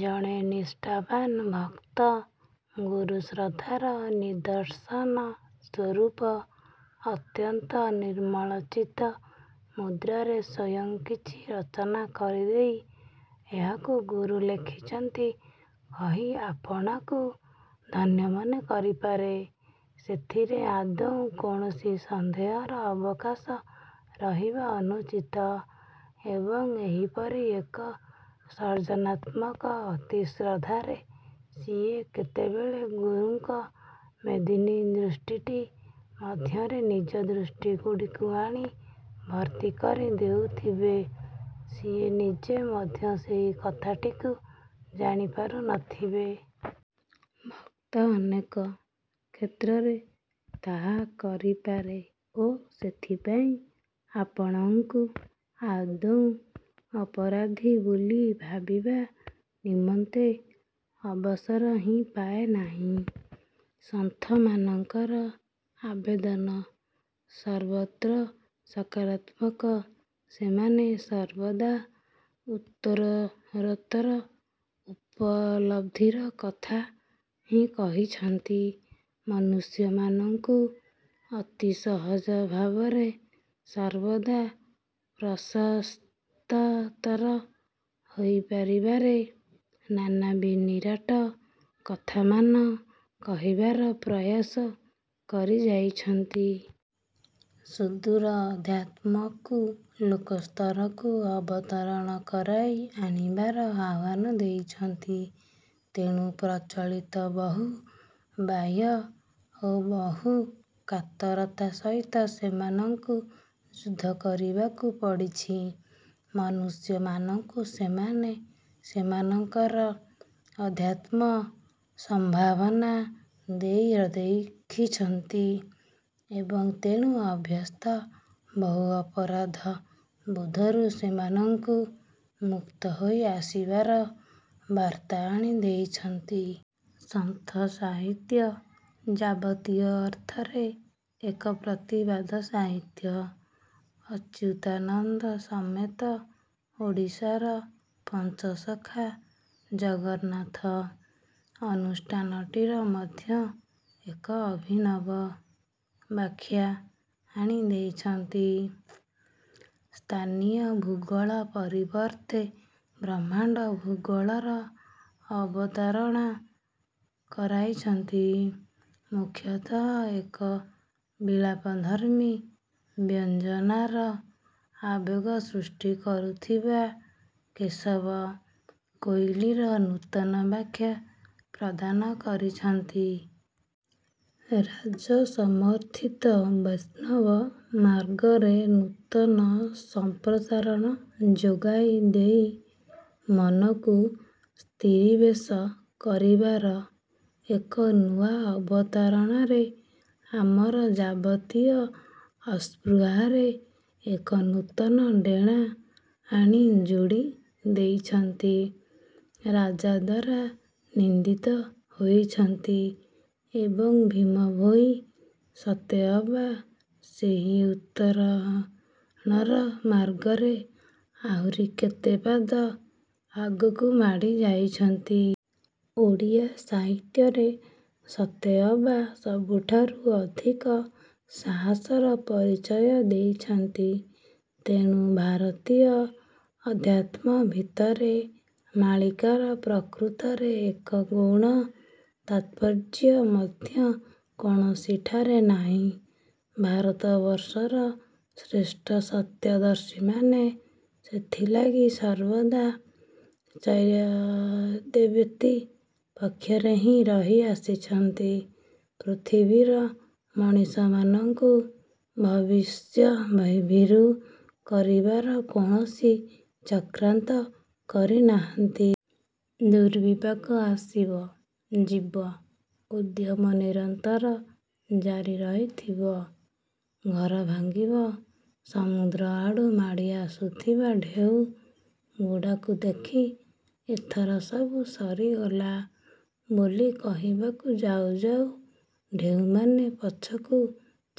ଜଣେ ନିଷ୍ଠାବାନ ଭକ୍ତ ଗୁରୁଶ୍ରଦ୍ଧାର ନିଦର୍ଶନ ସ୍ୱରୂପ ଅତ୍ୟନ୍ତ ନିର୍ମଳଚିତ ମୁଦ୍ରାରେ ସ୍ୱୟଂ କିଛି ରଚନା କରିଦେଇ ଏହାକୁ ଗୁରୁ ଲେଖିଛନ୍ତି କହି ଆପଣାକୁ ଧନ୍ୟ ମନେ କରିପାରେ, ସେଥିରେ ଆଦୌ କୌଣସି ସନ୍ଦେହର ଅବକାଶ ରହିବା ଅନୁଚିତ। ଏବଂ, ଏହିପରି ଏକ ସର୍ଜନାତ୍ମକ ଅତି-ଶ୍ରଦ୍ଧାରେ ସିଏ ଯେ କେତେବେଳେ ଗୁରୁଙ୍କ ମେଦିନୀ-ଦୃଷ୍ଟିଟି ମଧ୍ୟରେ ନିଜ ଦୃଷ୍ଟିଗୁଡ଼ିକୁ ଆଣି ଭର୍ତ୍ତି କରି ଦେଉଥିବେ, ସିଏ ନିଜେ ମଧ୍ୟ ସେହି କଥାଟିକୁ ଜାଣି ପାରୁନଥିବେ। ଭକ୍ତ ଅନେକ କ୍ଷେତ୍ରରେ ତାହା କରିପାରେ ଓ ସେଥିପାଇଁ ଆପଣାକୁ ଆଦୌ ଅପରାଧୀ ବୋଲି ଭାବିବା ନିମନ୍ତେ ଅବସର ହିଁ ପାଏ ନାହିଁ। ସନ୍ଥମାନଙ୍କର ଆବେଦନ ସର୍ବତ୍ର ସକାରାତ୍ମକ। ସେମାନେ ସର୍ବଦା ଉତ୍ତରୋତ୍ତର ଉପଲବ୍ଧିର କଥା ହିଁ କହିଛନ୍ତି। ମନୁଷ୍ୟମାନଙ୍କୁ ଅତି ସହଜ ଭାବରେ ସର୍ବଦା ପ୍ରଶସ୍ତତର ହୋଇପାରିବାରେ ନାନା ନିରାଟ କଥାମାନ କହିବାର ପ୍ରୟାସ କରିଯାଇଛନ୍ତି। ସୁଦୂର ଆଧ୍ୟାତ୍ମକୁ ଲୋକସ୍ତରକୁ ଅବତରଣ କରାଇ ଆଣିବାର ଆହ୍ୱାନ ଦେଇଛନ୍ତି। ତେଣୁ ପ୍ରଚଳିତ ବହୁ ବାହ୍ୟ ଓ ବହୁ କାତରତା ସହିତ ସେମାନଙ୍କୁ ଯୁଦ୍ଧ କରିବାକୁ ପଡ଼ିଛି। ମନୁଷ୍ୟମାନଙ୍କୁ ସେମାନେ ସେମାନଙ୍କର ଅଧ୍ୟାତ୍ମ ସମ୍ଭାବନା ଦେଇ ଦେଖିଛନ୍ତି ଏବଂ ତେଣୁ ଅଭ୍ୟସ୍ତ ବହୁ ଅପରାଧବୋଧରୁ ସେମାନଙ୍କୁ ମୁକ୍ତ ହୋଇ ଆସିବାର ବାର୍ତ୍ତା ଆଣି ଦେଇଛନ୍ତି। ସନ୍ଥସାହିତ୍ୟ ଯାବତୀୟ ଅର୍ଥରେ ଏକ ପ୍ରତିବାଦ ସାହିତ୍ୟ। ଅଚ୍ୟୁତାନନ୍ଦ ସମେତ ଓଡ଼ିଶାର ପଞ୍ଚସଖା ଜଗନ୍ନାଥ ଅନୁଷ୍ଠାନଟିର ମଧ୍ୟ ଏକ ଅଭିନବ ବାଖ୍ୟା ଆଣି ଦେଇଛନ୍ତି। ସ୍ଥାନୀୟ ଭୂଗୋଳ ପରିବର୍ତ୍ତେ ବ୍ରହ୍ମାଣ୍ଡ ଭୂଗୋଳର ଅବତାରଣା କରାଇଛନ୍ତି। ମୁଖ୍ୟତଃ ଏକ ବିଳାପଧର୍ମୀ ବ୍ୟଞ୍ଜନାର ଆବେଗ ସୃଷ୍ଟି କରୁଥିବା କେଶବ କୋଇଲିର ନୂତନ ବାଖ୍ୟା ପ୍ରଦାନ କରିଛନ୍ତି। ରାଜସମର୍ଥିତ ବୈଷ୍ଣବ ମାର୍ଗରେ ନୂତନ ସମ୍ପ୍ରସାରଣ ଯୋଗାଇ ଦେଇ ମନକୁ ସ୍ତୀରିବେଶ କରିବାର ଏକ ନୂଆ ଅବତାରଣାରେ ଆମର ଯାବତୀୟ ଆସ୍ପୃହାରେ ଏକ ନୂତନ ଡ଼େଣା ଆଣି ଯୋଡ଼ି ଦେଇଛନ୍ତି। ରାଜା ଦ୍ଵାରା ନିନ୍ଦିତ ହୋଇଛନ୍ତି। ଏବଂ, ଭୀମ ଭୋଇ ସତେ ଅବା ସେହି ଉତ୍ତରଣର ମାର୍ଗରେ ଆହୁରି କେତେ ପାଦ ଆଗକୁ ମାଡ଼ି ଯାଇଛନ୍ତି। ଓଡ଼ିଆ ସାହିତ୍ୟରେ ସତେଅବା ସବୁଠାରୁ ଅଧିକ ସାହସର ପରିଚୟ ଦେଇଛନ୍ତି। ତେଣୁ ଭାରତୀୟ ଅଧ୍ୟାତ୍ମ ଭିତରେ ମାଳିକାର ପ୍ରକୃତରେ ଏକ ଗୌଣ ତାତ୍ପର୍ଯ୍ୟ ମଧ୍ୟ କୌଣସିଠାରେ ନାହିଁ। ଭାରତବର୍ଷର ଶ୍ରେଷ୍ଠ ସତ୍ୟଦର୍ଶୀମାନେ ସେଥିଲାଗି ସର୍ବଦା ଚରୈବେତି ପକ୍ଷରେ ହିଁ ରହିଆସିଛନ୍ତି। ପୃଥିବୀର ମଣିଷମାନଙ୍କୁ ଭବିଷ୍ୟଭୀରୁ କରିବାର କୌଣସି ଚକ୍ରାନ୍ତ କରିନାହାନ୍ତି। ଦୁର୍ବିପାକ ଆସିବ, ଯିବ, ଉଦ୍ୟମ ନିରନ୍ତର ଜାରି ରହିଥିବ। ଘର ଭାଙ୍ଗିବ, ସମୁଦ୍ର ଆଡୁ ମାଡ଼ି ଆସୁଥିବା ଢ଼େଉ ଗୁଡ଼ାକୁ ଦେଖି ଏଥର ସବୁ ସରିଗଲା ବୋଲି କହିବାକୁ ଯାଉ ଯାଉ ଢେଉମାନେ ପଛକୁ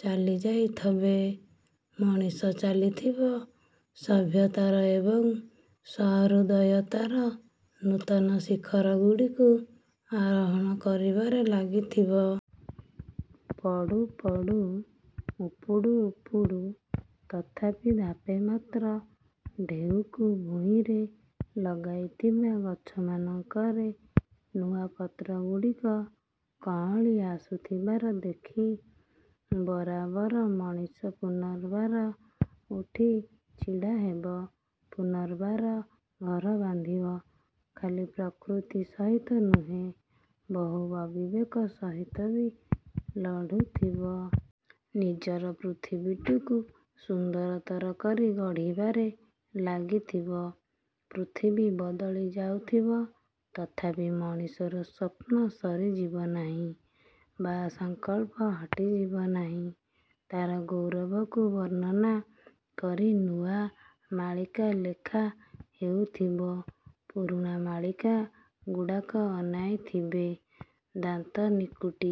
ଚାଲିଯାଇଥବେ। ମଣିଷ ଚାଲିଥିବ, ସଭ୍ୟତାର ଏବଂ ସହୃଦୟତାର ନୂତନ ଶିଖର ଗୁଡ଼ିକୁ ଆରୋହଣ କରିବାରେ ଲାଗିଥିବ। ପଡୁ ପଡୁ ଉପୁଡୁ ଉପୁଡୁ ତଥାପି ଧାପେ ମାତ୍ର ଢ଼େଉକୁ ଭୂଇଁରେ ଲଗାଇଥିବା ଗଛମାନଙ୍କରେ ନୂଆ ପତ୍ରଗୁଡ଼ିକ କଅଁଳି ଆସୁଥିବାର ଦେଖି ବରାବର ମଣିଷ ପୁନର୍ବାର ଉଠି ଛିଡ଼ା ହେବ। ପୁନର୍ବାର ଘର ବାନ୍ଧିବ। ଖାଲି ପ୍ରକୃତି ସହିତ ନୁହେଁ, ବହୁ ଅବିବେକ ସହିତ ବି ଲଢୁଥିବ। ନିଜର ପୃଥିବୀଟିକୁ ସୁନ୍ଦରତର କରି ଗଢ଼ିବାରେ ଲାଗିଥିବ। ପୃଥିବୀ ବଦଳି ଯାଉଥିବ। ତଥାପି ମଣିଷର ସ୍ୱପ୍ନ ସରିଯିବ ନାହିଁ ବା ସଂକଳ୍ପ ହଟିଯିବ ନାହିଁ। ତା'ର ଗୌରବକୁ ବର୍ଣ୍ଣନା। କରି ନୂଆ ମାଳିକା ଲେଖା ହେଉଥିବ; ପୁରୁଣା ମାଳିକା ଗୁଡ଼ାକ ଅନାଇ ଥିବେ। ଦାନ୍ତ ନିକୁଟି